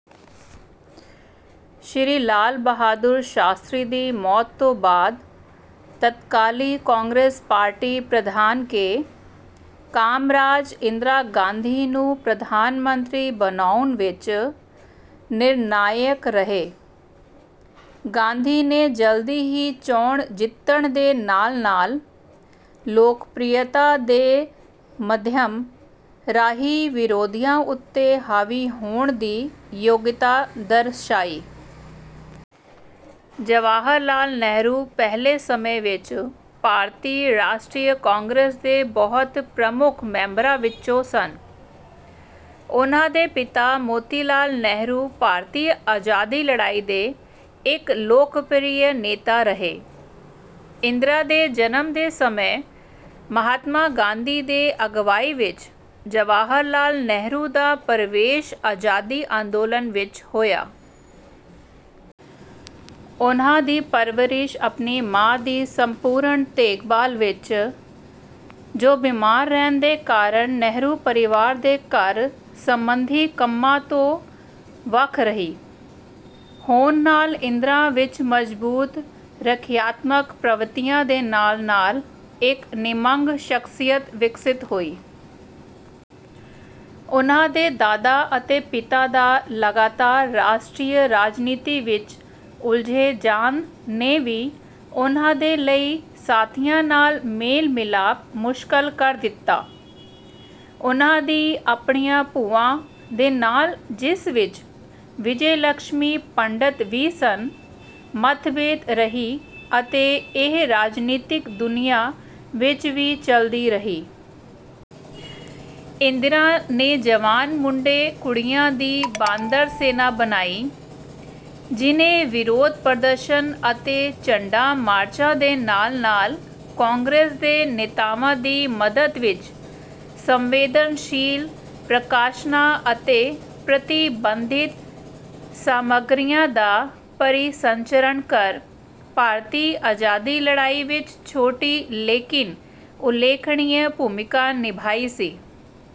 ਸ਼੍ਰੀ ਲਾਲ ਬਹਾਦੁਰ ਸ਼ਾਸਤਰੀ ਦੀ ਮੌਤ ਤੋੋਂ ਬਾਅਦ ਤਤਕਾਲੀ ਕਾਂਗਰਸ ਪਾਰਟੀ ਪ੍ਰਧਾਨ ਕੇ. ਕਾਮਰਾਜ ਇੰਦਰਾ ਗਾਂਧੀ ਨੂੰ ਪ੍ਰਧਾਨ ਮੰਤਰੀ ਬਣਾਉਣ ਵਿੱਚ ਨਿਰਣਾਇਕ ਰਹੇ। ਗਾਂਧੀ ਨੇ ਜਲਦੀ ਹੀ ਚੋਣ ਜਿੱਤਣ ਦੇ ਨਾਲ-ਨਾਲ ਲੋਕਪ੍ਰਿਅਤਾ ਦੇ ਮਾਧਿਅਮ ਰਾਹੀਂ ਵਿਰੋਧੀਆਂ ਉੱਤੇ ਹਾਵੀ ਹੋਣ ਦੀ ਯੋਗਤਾ ਦਰਸਾਈ। ਜਵਾਹਰ ਲਾਲ ਨਹਿਰੂ ਪਹਿਲੇ ਸਮੇਂ ਵਿੱਚ ਭਾਰਤੀ ਰਾਸ਼ਟਰੀ ਕਾਂਗਰਸ ਦੇ ਬਹੁਤ ਪ੍ਰਮੁੱਖ ਮੈਬਰਾਂ ਵਿੱਚੋਂ ਸਨ। ਉਨ੍ਹਾਂ ਦੇ ਪਿਤਾ ਮੋਤੀਲਾਲ ਨਹਿਰੂ ਭਾਰਤੀ ਆਜ਼ਾਦੀ ਲੜਾਈ ਦੇ ਇੱਕ ਲੋਕਪ੍ਰਿਯ ਨੇਤਾ ਰਹੇ। ਇੰਦਰਾ ਦੇ ਜਨਮ ਦੇ ਸਮੇਂ ਮਹਾਤਮਾ ਗਾਂਧੀ ਦੇ ਅਗਵਾਈ ਵਿੱਚ ਜਵਾਹਿਰਲਾਲ ਨਹਿਰੂ ਦਾ ਪਰਵੇਸ਼ ਆਜ਼ਾਦੀ ਅੰਦੋਲਨ ਵਿੱਚ ਹੋਇਆ। ਉਨ੍ਹਾਂ ਦੀ ਪਰਵਰਿਸ਼ ਆਪਣੀ ਮਾਂ ਦੀ ਸੰਪੂਰਣ ਦੇਖਭਾਲ ਵਿੱਚ, ਜੋ ਬੀਮਾਰ ਰਹਿਣ ਦੇ ਕਾਰਨ ਨਹਿਰੂ ਪਰਵਾਰ ਦੇ ਘਰ ਸੰਬੰਧੀ ਕੰਮਾਂ ਤੋਂ ਵੱਖ ਰਹੀ, ਹੋਣ ਨਾਲ ਇੰਦਰਾ ਵਿੱਚ ਮਜਬੂਤ ਰੱਖਿਆਤਮਕ ਪ੍ਰਵਿਰਤੀਆਂ ਦੇ ਨਾਲ ਨਾਲ ਇੱਕ ਨਿਸੰਗ ਸ਼ਖਸੀਅਤ ਵਿਕਸਿਤ ਹੋਈ। ਉਨ੍ਹਾਂ ਦੇ ਦਾਦਾ ਅਤੇ ਪਿਤਾ ਦਾ ਲਗਾਤਾਰ ਰਾਸ਼ਟਰੀ ਰਾਜਨੀਤੀ ਵਿੱਚ ਉਲਝਦੇ ਜਾਣ ਨੇ ਵੀ ਉਨ੍ਹਾਂ ਦੇ ਲਈ ਸਾਥੀਆਂ ਨਾਲ ਮੇਲ-ਮਿਲਾਪ ਮੁਸ਼ਕਲ ਕਰ ਦਿੱਤਾ। ਉਨ੍ਹਾਂ ਦੀ ਆਪਣੀਆਂ ਭੂਆਂ ਦੇ ਨਾਲ ਜਿਸ ਵਿੱਚ ਵਿਜੇਲਕਸ਼ਮੀ ਪੰਡਤ ਵੀ ਸਨ, ਮਤਭੇਦ ਰਹੀ ਅਤੇ ਇਹ ਰਾਜਨੀਤਕ ਦੁਨੀਆ ਵਿੱਚ ਵੀ ਚੱਲਦੀ ਰਹੀ। ਇੰਦਰਾ ਨੇ ਜਵਾਨ ਮੁੰਡੇ-ਕੁੜੀਆਂ ਦੀ ਬਾਂਦਰ ਸੈਨਾ ਬਣਾਈ, ਜਿਨ੍ਹੇ ਵਿਰੋਧ ਪ੍ਰਦਰਸ਼ਨ ਅਤੇ ਝੰਡਾ ਮਾਰਚਾਂ ਦੇ ਨਾਲ ਨਾਲ ਕਾਂਗਰਸ ਦੇ ਨੇਤਾਵਾਂ ਦੀ ਮਦਦ ਵਿੱਚ ਸੰਵੇਦਨਸ਼ੀਲ ਪ੍ਰਕਾਸ਼ਨਾਂ ਅਤੇ ਪ੍ਰਤੀਬੰਧਿਤ ਸਾਮਗਰੀਆਂ ਦਾ ਪਰਿਸੰਚਰਣ ਕਰ ਭਾਰਤੀ ਆਜ਼ਾਦੀ ਲੜਾਈ ਵਿੱਚ ਛੋਟੀ ਲੇਕਿਨ ਉਲੇਖਣੀ ਭੂਮਿਕਾ ਨਿਭਾਈ ਸੀ।